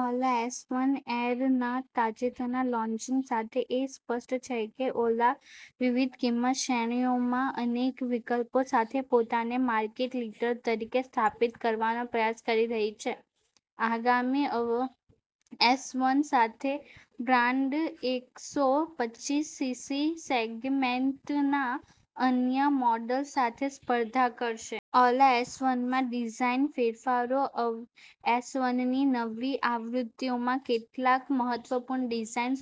ઓલા S one એરના તાજેતરના launching સાથે, એ સ્પષ્ટ છે કે ઓલા વિવિધ કિંમત શ્રેણીઓમાં અનેક વિકલ્પો સાથે પોતાને માર્કેટ લીડર તરીકે સ્થાપિત કરવાનો પ્રયાસ કરી રહી છે. આગામી એસવન સાથે, બ્રાન્ડ એકસો પચ્ચીસ સીસી સેગમેન્ટના અન્ય મોડલ્સ સાથે સ્પર્ધા કરશે. ઓલા એસવનમાં ડિઝાઇન ફેરફારો એસવનની નવી આવૃત્તિમાં કેટલાક મહત્વપૂર્ણ ડિઝાઇન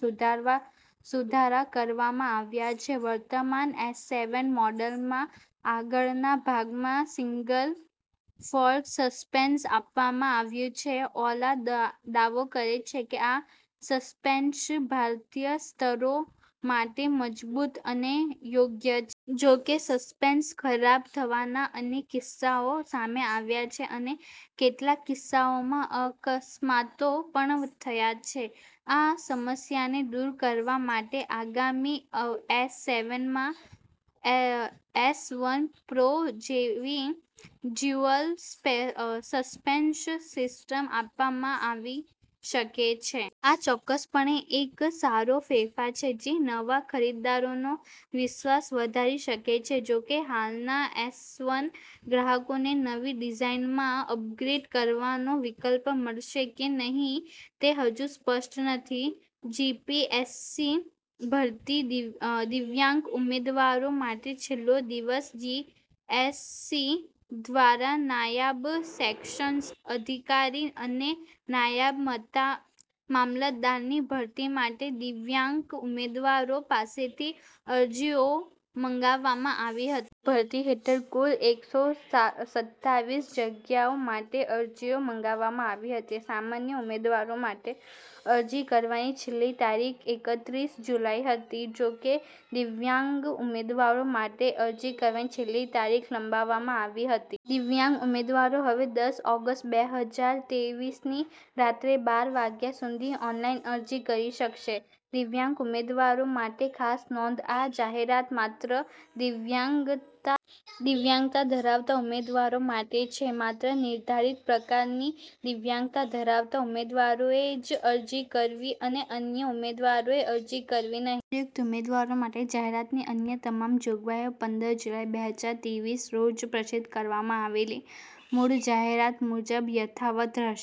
સુધારા કરવામાં આવ્યા છે. વર્તમાન એસવન મોડલ્સમાં આગળના ભાગમાં સિંગલ-ફોર્ક સસ્પેન્શન આપવામાં આવ્યું છે. ઓલા દાવો કરે છે કે આ સસ્પેન્શન ભારતીય રસ્તાઓ માટે મજબૂત અને યોગ્ય છે. જોકે, સસ્પેન્શન ખરાબ થવાના અનેક કિસ્સાઓ સામે આવ્યા છે અને કેટલાક કિસ્સાઓમાં અકસ્માતો પણ થયા છે. આ સમસ્યાને દૂર કરવા માટે આગામી એસવનમાં એસવન પ્રો જેવી ડ્યુઅલ સસ્પેન્શન સિસ્ટમ આપવામાં આવી શકે છે. આ ચોક્કસપણે એક સારો ફેરફાર છે, જે નવા ખરીદદારોનો વિશ્વાસ વધારી શકે છે. જોકે, હાલના એસવન ગ્રાહકોને નવી ડિઝાઇનમાં અપગ્રેડ કરવાનો વિકલ્પ મળશે કે નહીં તે હજુ સ્પષ્ટ નથી. જીપીએસસી ભરતી: દિવ્યાંગ ઉમેદવારો માટે છેલ્લો દિવસ જીપીએસસી દ્વારા નાયબ સેક્શન અધિકારી અને નાયબ મામલતદારની ભરતી માટે દિવ્યાંગ ઉમેદવારો પાસેથી અરજીઓ મંગાવવામાં આવી હતી. આ ભરતી હેઠળ કુલ એકસો સત્તાવીસ જગ્યાઓ માટે અરજીઓ મંગાવવામાં આવી હતી. સામાન્ય ઉમેદવારો માટે અરજી કરવાની છેલ્લી તારીખ એકત્રીસ જુલાઈ હતી. જોકે, દિવ્યાંગ ઉમેદવારો માટે અરજી કરવાની છેલ્લી તારીખ લંબાવવામાં આવી હતી. દિવ્યાંગ ઉમેદવારો હવે દસ ઓગસ્ટ બે હજાર તેવીસની રાત્રે બાર વાગ્યા સુધી ઓનલાઈન અરજી કરી શકશે. દિવ્યાંગ ઉમેદવારો માટે ખાસ નોંધ આ જાહેરાત માત્ર દિવ્યાંગતા ધરાવતા ઉમેદવારો માટે છે. માત્ર નિર્ધારિત પ્રકારની દિવ્યાંગતા ધરાવતા ઉમેદવારોએ જ અરજી કરવી અને અન્ય ઉમેદવારોએ અરજી કરવી નહીં. ઉપર્યુક્ત ઉમેદવારો માટે જાહેરાતની અન્ય તમામ જોગવાઈઓ પંદર જુલાઈ બે હજાર તેવીસના રોજ પ્રસિદ્ધ કરવામાં આવેલી મૂળ જાહેરાત મુજબ યથાવત રહેશે.